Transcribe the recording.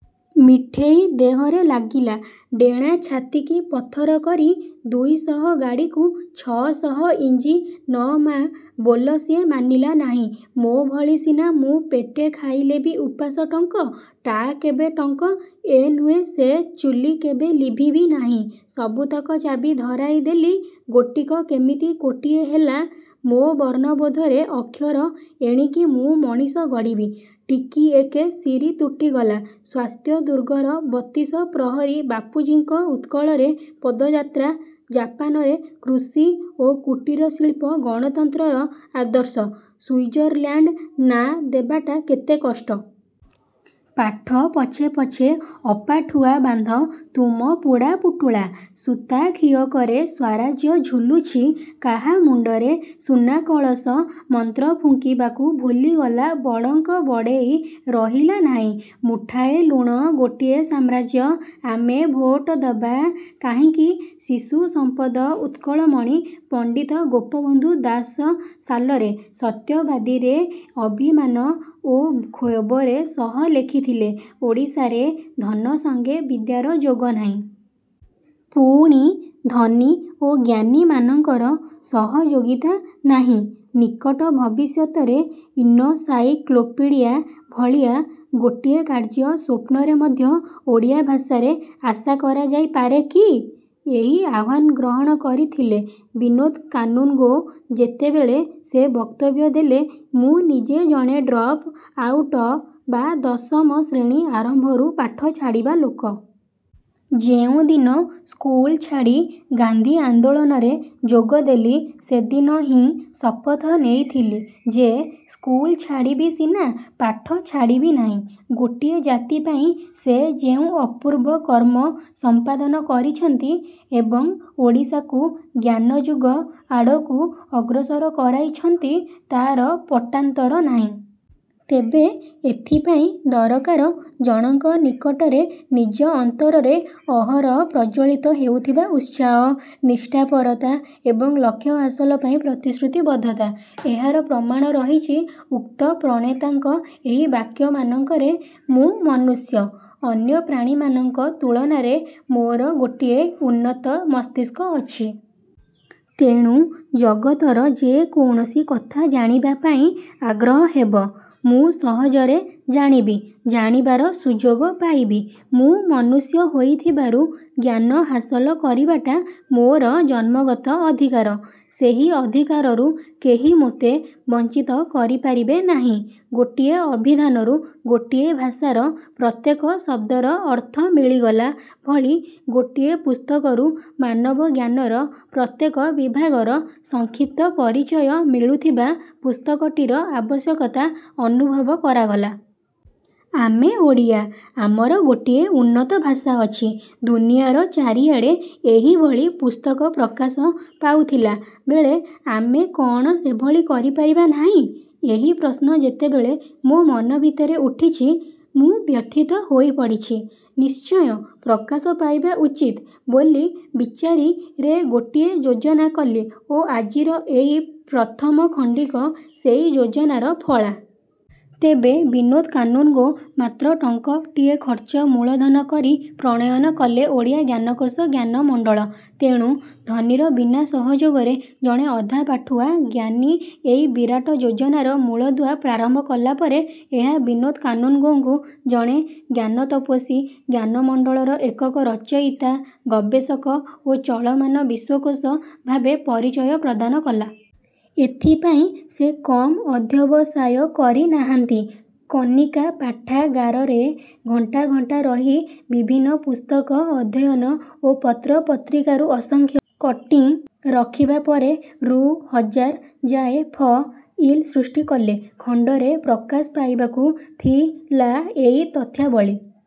ମିଠେଇ ଦେହରେ ଲାଗିଲା ଡେଣା ଛାତିକି ପଥର କରି ଦୁଇଶହ ଗାଡ଼ିକୁ ଛ'ଶହ ଇଞ୍ଜି ନ ମା' ବୋଲ ସିଏ ମାନିଲା ନାହିଁ ମୋ ଭଳି ସିନା ମୁଁ ପେଟେ ଖାଇଲେ ବି ଉପାସ ଟଙ୍କ। ଟା କେବେ ଟଙ୍କ। ଏ ନୁହେଁ ସେ ଚୁଲି କେବେ ଲିଭିବି ନାହିଁ ସବୁତକ ଚାବି ଧରାଇ ଦେଲି ଗୋଟିକ କେମିତି କୋଟିଏ ହେଲା ମୋ ବର୍ଣ୍ଣବୋଧରେ ଅକ୍ଷର ଏଣିକି ମୁଁ ମଣିଷ ଗଢ଼ିବି ଟିକିଏକେ ଶିରୀ ତୁଟିଗଲା ସ୍ୱାସ୍ଥ୍ୟ ଦୁର୍ଗର ବତିଶ ପ୍ରହରୀ ବାପୁଜୀଙ୍କ ଉତ୍କଳରେ ପଦଯାତ୍ରା ଜାପାନରେ କୃଷି ଓ କୁଟୀର ଶିଳ୍ପ ଗଣତନ୍ତ୍ରର ଆଦର୍ଶ ସୁଇଜରଲ୍ୟାଣ୍ଡ ନାଁ ଦେବାଟା କେତେ କଷ୍ଟ! ପାଠ ପଛେ ପଛେ ଅପାଠୁଆ ବାନ୍ଧ ତୁମ ପୁଡ଼ା ପୁଟୁଳା ସୂତା ଖିଅକରେ ସ୍ୱରାଜ୍ୟ ଝୁଲୁଛି କାହା ମୁଣ୍ଡରେ ସୁନା କଳସ ମନ୍ତ୍ର ଫୁଙ୍କି ବାକୁ ଭୁଲିଗଲା ବଡ଼ଙ୍କ ବଡେ଼ଇ ରହିଲା ନାହିଁ ମୁଠାଏ ଲୁଣ ଗୋଟିଏ ସାମ୍ରାଜ୍ୟ ଆମେ ଭୋଟ ଦେବା କାହିଁକି ଶିଶୁ ସମ୍ପଦ ଉତ୍କଳମଣି ପଣ୍ଡିତ ଗୋପବନ୍ଧୁ ଦାସ ସାଲରେ " ସତ୍ୟବାଦୀ "ରେ ଅଭିମାନ ଓ କ୍ଷୋଭର ସହ ଲେଖିଥିଲେ, ଓଡ଼ିଶାରେ ଧନ ସଙ୍ଗେ ବିଦ୍ୟାର ଯୋଗ ନାହିଁ। ପୁଣି ଧନୀ ଓ ଜ୍ଞାନୀମାନଙ୍କର ସହଯୋଗିତା ନାହିଁ ନିକଟ ଭବିଷ୍ୟତରେ ଇନସାଇକ୍ଲୋପିଡ଼ିଆ ଭଳିଆ ଗୋଟିଏ କାର୍ଯ୍ୟ ସ୍ୱପ୍ନରେ ମଧ୍ୟ ଓଡ଼ିଆ ଭାଷାରେ ଆଶା କରାଯାଇପାରେ କି? ଏହି ଆହ୍ୱାନ ଗ୍ରହଣ କରିଥିଲେ ବିନୋଦ କାନୁନଗୋ, ଯେତେବେଳେ ସେ ବକ୍ତବ୍ୟ ଦେଲେ, ମୁଁ ନିଜେ ଜଣେ ଡ୍ରପ ଆଉଟ ବା ଦଶମ ଶ୍ରେଣୀ ଆରମ୍ଭରୁ ପାଠ ଛାଡ଼ିବା ଲୋକ। ଯେଉଁଦିନ ସ୍କୁଲ ଛାଡ଼ି ଗାନ୍ଧୀ ଆନ୍ଦୋଳନରେ ଯୋଗ ଦେଲି ସେଦିନ ହିଁ ଶପଥ ନେଇଥିଲି ଯେ, ସ୍କୁଲ ଛାଡ଼ିବି ସିନା, ପାଠ ଛାଡ଼ିବି ନାହିଁ। ଗୋଟିଏ ଜାତି ପାଇଁ ସେ ଯେଉଁ ଅପୂର୍ବ କର୍ମ ସଂପାଦନ କରିଛନ୍ତି ଏବଂ ଓଡ଼ିଶାକୁ ଜ୍ଞାନ-ଯୁଗ ଆଡ଼କୁ ଅଗ୍ରସର କରାଇଛନ୍ତି, ତାର ପଟାନ୍ତର ନାହିଁ। ତେବେ ଏଥିପାଇଁ ଦରକାର ଜଣକ ନିକଟରେ ନିଜ ଅନ୍ତରରେ ଅହରହ ପ୍ରଜ୍ୱଳିତ ହେଉଥିବା ଉତ୍ସାହ, ନିଷ୍ଠାପରତା ଏବଂ ଲକ୍ଷ୍ୟ ହାସଲ ପାଇଁ ପ୍ରତିଶ୍ରୁତି ବଦ୍ଧତା। ଏହାର ପ୍ରମାଣ ରହିଛି ଉକ୍ତ ପ୍ରଣେତାଙ୍କ ଏଇ ବାକ୍ୟମାନଙ୍କରେ, ମୁଁ ମନୁଷ୍ୟ। ଅନ୍ୟ ପ୍ରାଣୀମାନଙ୍କ ତୁଳନାରେ ମୋର ଗୋଟିଏ ଉନ୍ନତ ମସ୍ତିଷ୍କ ଅଛି। ତେଣୁ ଜଗତର ଯେ କୌଣସି କଥା ଜାଣିବା ପାଇଁ ଆଗ୍ରହ ହେବ। ମୁଁ ସହଜରେ ଜାଣିବି-ଜାଣିବାର ସୁଯୋଗ ପାଇବି। ମୁଁ ମନୁଷ୍ୟ ହୋଇଥିବାରୁ ଜ୍ଞାନ ହାସଲ କରିବାଟା ମୋର ଜନ୍ମଗତ ଅଧିକାର। ସେହି ଅଧିକାରରୁ କେହି ମୋତେ ବଞ୍ଚିତ କରିପାରିବେ ନାହିଁ। ଗୋଟିଏ ଅଭିଧାନରୁ ଗୋଟିଏ ଭାଷାର ପ୍ରତ୍ୟେକ ଶବ୍ଦର ଅର୍ଥ ମିଳିଗଲା ଭଳି ଗୋଟିଏ ପୁସ୍ତକରୁ ମାନବ ଜ୍ଞାନର ପ୍ରତ୍ୟେକ ବିଭାଗର ସଂକ୍ଷିପ୍ତ ପରିଚୟ ମିଳୁଥିବା ପୁସ୍ତକଟିର ଆବଶ୍ୟକତା ଅନୁଭବ କରାଗଲା ଆମେ ଓଡ଼ିଆ। ଆମର ଗୋଟିଏ ଉନ୍ନତ ଭାଷା ଅଛି। ଦୁନିଆର ଚାରିଆଡେ଼ ଏହି ଭଳି ପୁସ୍ତକ ପ୍ରକାଶ ପାଉଥିଲା ବେଳେ ଆମେ କଣ ସେଭଳି କରି ପାରିବା ନାହିଁ? ଏହି ପ୍ରଶ୍ନ ଯେତେବେଳେ ମୋ ମନ ଭିତରେ ଉଠିଛି, ମୁଁ ବ୍ୟଥିତ ହୋଇ ପଡ଼ିଛି ନିଶ୍ଚୟ ପ୍ରକାଶ ପାଇବା ଉଚିତ ବୋଲି ବିଚାରି ରେ ଗୋଟିଏ ଯୋଜନା କଲି ଓ ଆଜିର ଏହି ପ୍ରଥମ ଖଣ୍ଡିକ ସେଇ ଯୋଜନାର ଫ ଳ।। ତେବେ ବିନୋଦ କାନୁନଗୋ ମାତ୍ର ଟଙ୍କ। ଟିଏ ଖର୍ଚ୍ଚ ମୂଳଧନ କରି ପ୍ରଣୟନ କଲେ ଓଡ଼ିଆ ଜ୍ଞାନକୋଷ ଜ୍ଞାନମଣ୍ଡଳ। ତେଣୁ ଧନୀର ବିନା ସହଯୋଗରେ ଜଣେ ଅଧାପାଠୁଆ ଜ୍ଞାନୀ ଏଇ ବିରାଟ ଯୋଜନାର ମୂଳଦୁଆ ପ୍ରାରମ୍ଭ କଲାପରେ ଏହା ବିନୋଦ କାନୁନଗୋଙ୍କୁ ଜଣେ ଜ୍ଞାନ-ତପସ୍ୱୀ, ଜ୍ଞାନ ମଣ୍ଡଳର ଏକକ ରଚୟିତା, ଗବେଷକ ଓ ଚଳମାନ ବିଶ୍ୱକୋଷ ଭାବେ ପରିଚୟ ପ୍ରଦାନ କଲା। ଏଥିପାଇଁ ସେ କମ ଅଧ୍ୟବସାୟ କରିନାହାନ୍ତି। କନିକା ପାଠାଗାରରେ ଘଣ୍ଟା ଘଣ୍ଟା ରହି ବିଭିନ୍ନ ପୁସ୍ତକ ଅଧ୍ୟୟନ ଓ ପତ୍ର ପତ୍ରିକାରୁ ଅସଂଖ୍ୟ କଟିଂ ରଖିବା ପରେ ରୁ ହଜାର ଯାଏ ଫ। ଇଲ ସୃଷ୍ଟି କଲେ। ଖଣ୍ଡରେ ପ୍ରକାଶ ପାଇବାକୁ ଥି ଲା ଏଇ ତଥ୍ୟାବଳୀ।